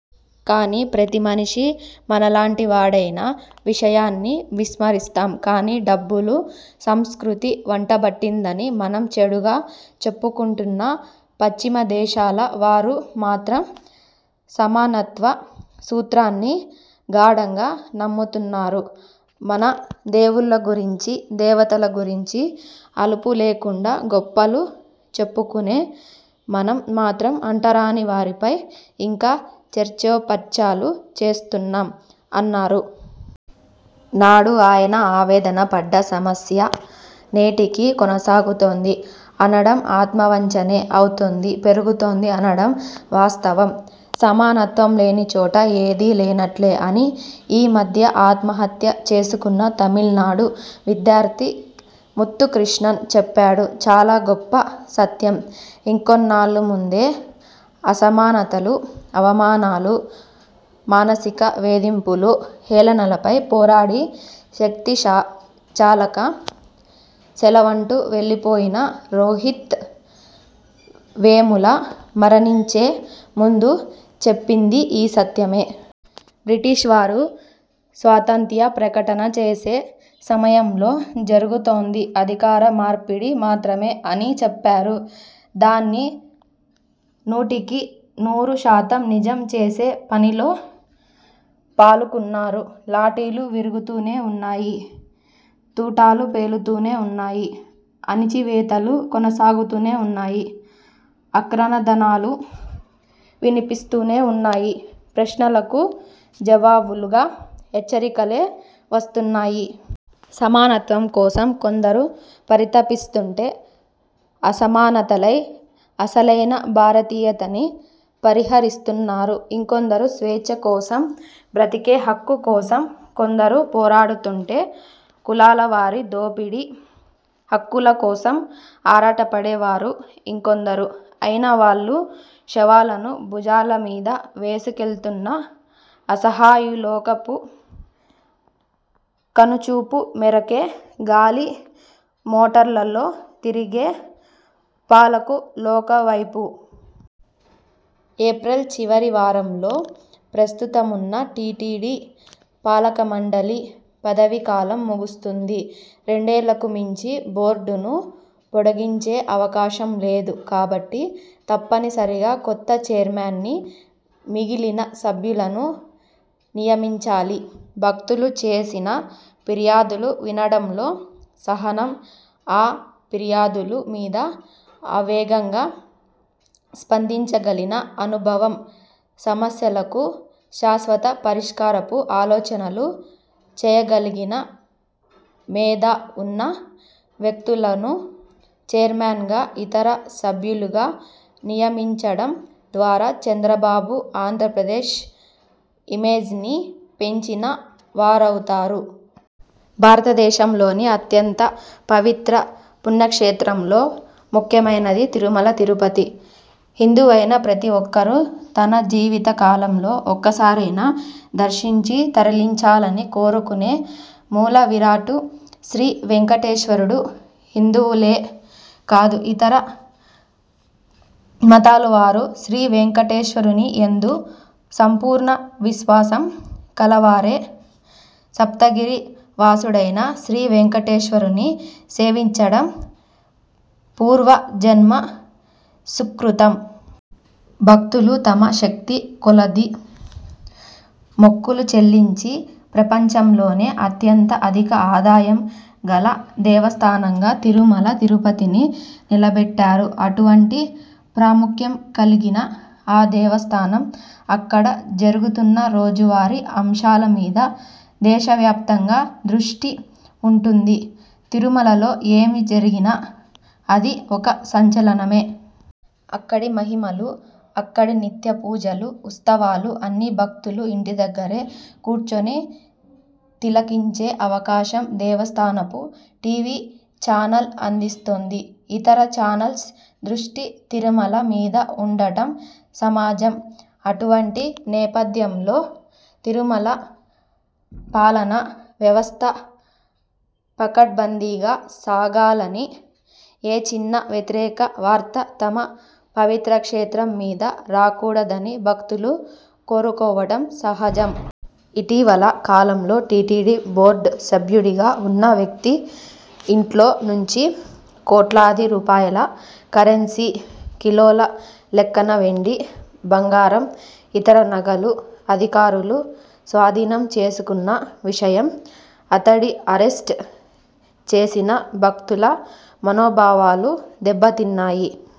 కాని ప్రతి మనిషి మనలాంటి వాడేన విషయాన్ని విస్మరిస్తాం. కాని డబ్బులు సంస్కృతి వంటబట్టిందని మనం చెడుగా చెప్పుకుంటున్న పశ్చిమ దేశాల వారు మాత్రం సమానత్వ సూత్రాన్ని గాఢంగా నమ్ముతున్నారు. మన దేవుళ్ళ గురించి, దేవతల గురించి అలుపు లేకుండా గొప్పలు చెప్పుకునే మనం మాత్రం అంటరాని వారిపై ఇంకా చర్చోపర్చాలు చేస్తున్నాం'' అన్నారు. నాడు ఆయన ఆవేదన పడ్డ సమస్య నేటికి కొనసాగుతోంది అనడం ఆత్మవంచనే అవుతుంది పెరుగుతోంది అనడం వాస్తవం. సమానత్వం లేని చోట ఏదీ లేనట్లే అని ఈ మధ్య ఆత్మహత్య చేసుకున్న తమిళనాడు విద్యార్థి ముత్తుకృష్ణన్ చెప్పాడు. చాలా గొప్ప సత్యం. ఇంకొన్నాళ్ళ ముందే అసమానతలు, అవమానాలు, మానసిక వేధింపులు, హేళనలపై పోరాడి, శక్తి చాలక సెలవంటూ వెళ్ళిపోయిన రోహిత్ వేముల మరణించే ముందు చెప్పిందీ ఈ సత్యమే. బ్రిటీష్ వారు స్వాతంత్య ప్రకటన చేసే సమయంలో జరుగుతోంది అధికార మార్పిడి మాత్రమే అని చెప్పారు. దాన్ని నూటికి నూరు శాతం నిజం చేసే పనిలో పాలకున్నారు. లాఠీలు విరుగుతూనే ఉన్నాయ్. తూటాలు పేలుతూనే ఉన్నాయ్. అణచివేతలు కొనసాగుతూనే ఉన్నాయ్. ఆక్రనదనాలు వినిపిస్తూనే ఉన్నాయ్. ప్రశ్నకు జవాబుగా హెచ్చరికలే వస్తున్నాయి. సమానత్వం కోసం కొందరు పరితపిస్తుంటే అసమానతలై అసలైన భారతీయతని పరిహసిస్తున్నారు ఇంకొందరు. స్వేచ్ఛ కోసం బ్రతికే హక్కు కోసం కొందరు పోరాడుతుంటే కులాలవారి దోపిడీ హక్కుల కోసం ఆరాటపడే వారు ఇంకొందరు. అయిన వాళ్ళ శవాలను భుజాలమీద వేసుకెళ్తున్న అసహాయులొకవైపు, కనుచూపు మేరకే గాలి మోటార్లలో తిరిగే పాలకులొకవైపు. ఏప్రిల్ చివరి వారంలో ప్రస్తుతమున్న టీటీడీ పాలకమండలి పదవీకాలం ముగుస్తుంది. రెండేళ్ళకు మించి బోర్డును పొడిగించే అవకాశం లేదు. కాబట్టి తప్పనిసరిగా కొత్త చైర్మన్ని, మిగిలిన సభ్యులను నియమించాలి. భక్తులు చేసిన ఫిర్యాదులు వినటంలో సహనం, ఆ ఫిర్యాదుల మీద వేగంగా స్పందించగలిగిన అనుభవం, సమస్యలకు శాశ్వత పరిష్కారపు ఆలోచనలు చేయగలిగిన మేధ వున్న వ్యక్తులను, చైర్మన్గా, ఇతర సభ్యులుగా నియమించటం ద్వారా చంద్రబాబు ఆంధ్రప్రదేశ్ ఇమేజ్ని పెంచిన వారవుతారు. భారతదేశంలోని అత్యంత పవిత్ర పుణ్యక్షేత్రo లో ముఖ్యమైనది తిరుమల– తిరుపతి. హిందువైన ప్రతి ఒక్కరూ తన జీవిత కాలంలో ఒక్కసారైనా దర్శించి, తరించాలని కోరుకునే మూలవిరాట్టు శ్రీవేంకటేశ్వరుడు. హిందువులే కాదు ఇతర మతాలవారు శ్రీ వేంకటేశ్వరునియందు సంపూర్ణ విశ్వాసం కలవారే. సప్తగిరి వాసుడైన శ్రీ వేంకటేశ్వరుని సేవించటం పూర్వజన్మ సుకృతం. భక్తులు తమ శక్తి కొలది మొక్కులు చెల్లించి ప్రపంచంలోనే అత్యంత అధిక ఆదాయం గల దేవస్థానంగా తిరుమల తిరుపతిని నిలబెట్టారు. అటువంటి ప్రాముఖ్యం కలిగిన ఆ దేవస్థానం, అక్కడ జరుగుతున్న రోజువారీ అంశాల మీద దేశవ్యాప్తంగా దృష్టి వుంటుంది. తిరుమలలో ఏమి జరిగినా అది ఒక సంచలనమే. అక్కడి మహిమలు, అక్కడి నిత్య పూజలు, ఉత్సవాలు అన్నీ భక్తులు ఇంటిదగ్గరే కూర్చుని తిలకించే అవకాశం దేవస్థానపు టి. వి. ఛానల్ అందిస్తున్నది. ఇతర ఛానల్స్ దృష్టి తిరుమల మీద వుండటం సమాజం. అటువంటి నేపథ్యంలో తిరుమల పాలనా వ్యవస్థ పకడ్బందీగా సాగాలని, ఏ చిన్న వ్యతిరేక వార్తా తమ పవిత్ర క్షేత్రం మీద రాకూడదని భక్తులు కోరుకోవటం సహజం. ఇటీవల కాలంలో టీటీడీ బోర్డు సభ్యుడిగా వున్న వ్యక్తి ఇంట్లో నుంచి కోట్లాది రూపాయల కరెన్సీ, కిలోల లెక్కన వెండి, బంగారం, ఇతర నగలు అధికారులు స్వాధీనం చేసుకున్న విషయం, అతడి అరెస్టు చేసిన భక్తుల మనోభావాలు దెబ్బతిన్నాయి.